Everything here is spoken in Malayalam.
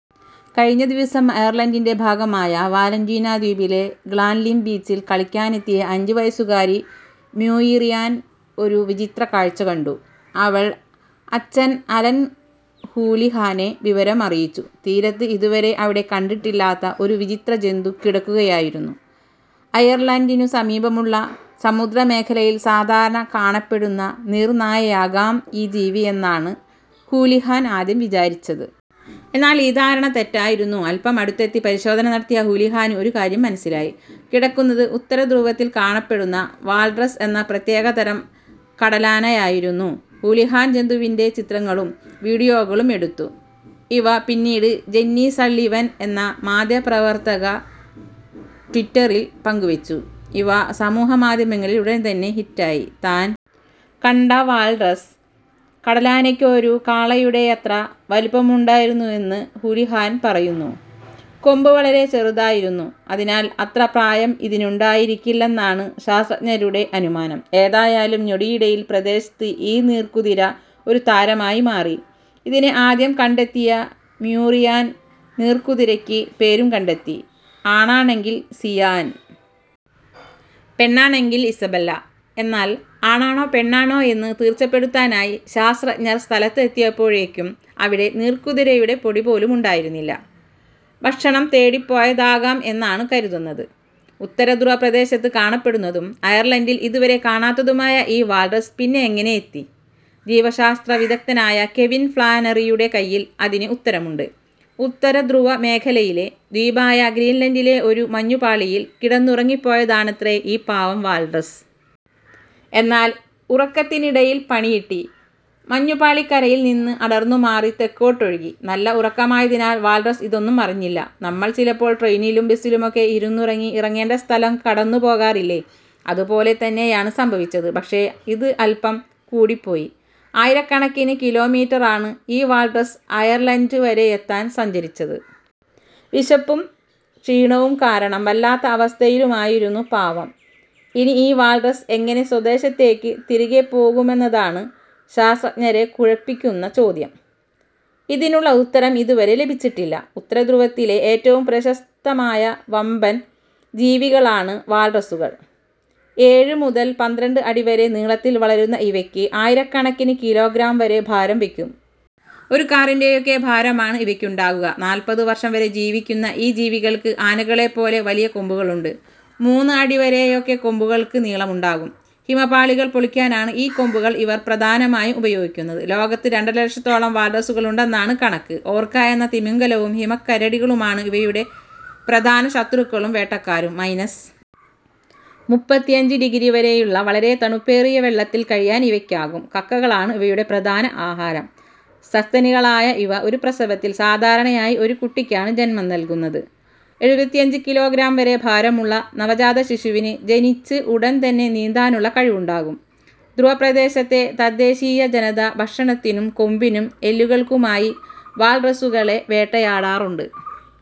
കഴിഞ്ഞ ദിവസം അയർലൻഡിന്റെ ഭാഗമായ വാലന്റീന ദ്വീപിലെ ഗ്ലാൻലിം ബീച്ചിൽ കളിക്കാനെത്തിയ അഞ്ച് വയസ്സുകാരി മ്യൂയിറിയാൻ ഒരു വിചിത്ര കാഴ്ച കണ്ടു. അവൾ അച്ഛൻ അലൻ ഹൂലിഹാനെ വിവരം അറിയിച്ചു. തീരത്ത് ഇതുവരെ അവിടെ കണ്ടിട്ടില്ലാത്ത ഒരു വിചിത്രജന്തു കിടക്കുകയായിരുന്നു. അയർലൻഡിനു സമീപമുള്ള സമുദ്രമേഖലയിൽ സാധാരണ കാണപ്പെടുന്ന നീർനായയാകാം ഈ ജീവിയെന്നാണ് ഹൂലിഹാൻ ആദ്യം വിചാരിച്ചത്. എന്നാൽ ഈ ധാരണ തെറ്റായിരുന്നു. അൽപം അടുത്തെത്തി പരിശോധന നടത്തിയ ഹൂലിഹാന് ഒരു കാര്യം മനസ്സിലായി. കിടക്കുന്നത് ഉത്തരധ്രുവത്തിൽ കാണപ്പെടുന്ന വാൽറസ് എന്ന പ്രത്യേകതരം കടലാനയായിരുന്നു. ഹൂലിഹാൻ ജന്തുവിന്റെ ചിത്രങ്ങളും വിഡിയോകളും എടുത്തു. ഇവ പിന്നീട് ജെന്നി സള്ളിവൻ എന്ന മാധ്യമപ്രവർത്തക ട്വിറ്ററിൽ പങ്കുവച്ചു. ഇവ സമൂഹമാധ്യമങ്ങളിൽ ഉടൻ തന്നെ ഹിറ്റായി. താൻ കണ്ട വാൽറസ് കടലാനയ്ക്ക് ഒരു കാളയുടെയത്ര വലുപ്പമുണ്ടായിരുന്നെന്ന് ഹൂലിഹാൻ പറയുന്നു. കൊമ്പ് വളരെ ചെറുതായിരുന്നു. അതിനാൽ അത്ര പ്രായം ഇതിനുണ്ടായിരിക്കില്ലെന്നാണ് ശാസ്ത്രജ്ഞരുടെ അനുമാനം. ഏതായാലും ഞൊടിയിടയിൽ പ്രദേശത്ത് ഈ നീർക്കുതിര ഒരു താരമായി മാറി. ഇതിനെ ആദ്യം കണ്ടെത്തിയ മ്യൂയിറിയാൻ നീർക്കുതിരയ്ക്ക് പേരും കണ്ടെത്തി. ആണാണെങ്കിൽ സിയാൻ. പെണ്ണാണെങ്കിൽ ഇസബെല്ല. എന്നാൽ ആണാണോ പെണ്ണാണോ എന്ന് തീർച്ചപ്പെടുത്താനായി ശാസ്ത്രജ്ഞർ സ്ഥലത്ത് എത്തിയപ്പോഴേക്കും അവിടെ നീർക്കുതിരയുടെ പൊടിപോലുമുണ്ടായിരുന്നില്ല. ഭക്ഷണം തേടിപ്പോയതാകാം എന്നാണു കരുതുന്നത്. ഉത്തരധ്രുവപ്രദേശത്ത് കാണപ്പെടുന്നതും അയർലൻഡിൽ ഇതുവരെ കാണാത്തതുമായ ഈ വാൽറസ് പിന്നെ എങ്ങനെ എത്തി. ജീവശാസ്ത്ര വിദഗ്ധനായ കെവിൻ ഫ്ലാനറിയുടെ കൈയിൽ അതിന് ഉത്തരമുണ്ട്. ഉത്തരധ്രുവ മേഖലയിലെ ദ്വീപായ ഗ്രീൻലൻഡിലെ ഒരു മഞ്ഞുപാളിയിൽ കിടന്നുറങ്ങിപ്പോയതാണത്രേ ഈ പാവം വാൽറസ്. എന്നാൽ ഉറക്കത്തിനിടയിൽ പണികിട്ടി. മഞ്ഞുപാളി കരയിൽ നിന്ന് അടർന്നുമാറി തെക്കോട്ടൊഴുകി. നല്ല ഉറക്കമായതിനാൽ വാൽറസ് ഇതൊന്നും അറിഞ്ഞില്ല. നമ്മൾ ചിലപ്പോൾ ട്രെയിനിലും ബസിലുമൊക്കെ ഇരുന്നുറങ്ങി ഇറങ്ങേണ്ട സ്ഥലം കടന്നുപോകാറില്ലേ. അതുപോലെ തന്നെയാണ് സംഭവിച്ചത്. പക്ഷേ ഇത് അൽപം കൂടിപ്പോയി. ആയിരക്കണക്കിന് കിലോമീറ്ററാണ് ഈ വാൽറസ് അയർലൻഡ് വരെയെത്താൻ സഞ്ചരിച്ചത്. വിശപ്പും ക്ഷീണവും കാരണം വല്ലാത്ത അവസ്ഥയിലുമായിരുന്നു പാവം.ഇനി ഈ വാൽറസ് എങ്ങനെ സ്വദേശത്തേക്ക് തിരികെപ്പോകുമെന്നതാണ് ശാസ്ത്രജ്ഞരെ കുഴപ്പിക്കുന്ന ചോദ്യം. ഇതിനുള്ള ഉത്തരം ഇതുവരെ ലഭിച്ചിട്ടില്ല. ഉത്തരധ്രുവത്തിലെ ഏറ്റവും പ്രശസ്തമായ വമ്പൻ ജീവികളാണ് വാൽറസുകൾ. ഏഴ് മുതൽ പന്ത്രണ്ട് അടി വരെ നീളത്തിൽ വളരുന്ന ഇവയ്ക്ക് ആയിരക്കണക്കിന് കിലോഗ്രാം വരെ ഭാരം വയ്ക്കും. ഒരു കാറിന്റെയൊക്കെ ഭാരമാണ് ഇവയ്ക്കുണ്ടാകുക. നാൽപ്പത് വർഷം വരെ ജീവിക്കുന്ന ഈ ജീവികൾക്ക് ആനകളെപ്പോലെ വലിയ കൊമ്പുകളുണ്ട്. മൂന്ന് അടി വരെയൊക്കെ കൊമ്പുകൾക്ക് നീളമുണ്ടാകും. ഹിമപാളികൾ പൊളിക്കാനാണ് ഈ കൊമ്പുകൾ ഇവർ പ്രധാനമായും ഉപയോഗിക്കുന്നത്. ലോകത്ത് രണ്ടര ലക്ഷത്തോളം വാൽറസുകളുണ്ടെന്നാണ് കണക്ക്. ഓർക്ക എന്ന തിമിംഗലവും ഹിമക്കരടികളുമാണ് ഇവയുടെ പ്രധാന ശത്രുക്കളും വേട്ടക്കാരും. മൈനസ് മുപ്പത്തിയഞ്ച് ഡിഗ്രി വരെയുള്ള വളരെ തണുപ്പേറിയ വെള്ളത്തിൽ കഴിയാൻ ഇവയ്ക്കാകും. കക്കകളാണ് ഇവയുടെ പ്രധാന ആഹാരം. സസ്തനികളായ ഇവ ഒരു പ്രസവത്തിൽ സാധാരണയായി ഒരു കുട്ടിക്കാണ് ജന്മം നൽകുന്നത്. എഴുപത്തിയഞ്ച് കിലോഗ്രാം വരെ ഭാരമുള്ള നവജാതശിശുവിന് ജനിച്ച് ഉടൻ തന്നെ നീന്താനുള്ള കഴിവുണ്ടാകും. ധ്രുവപ്രദേശത്തെ തദ്ദേശീയ ജനത ഭക്ഷണത്തിനും കൊമ്പിനും എല്ലുകൾക്കുമായി വാൽറസുകളെ വേട്ടയാടാറുണ്ട്.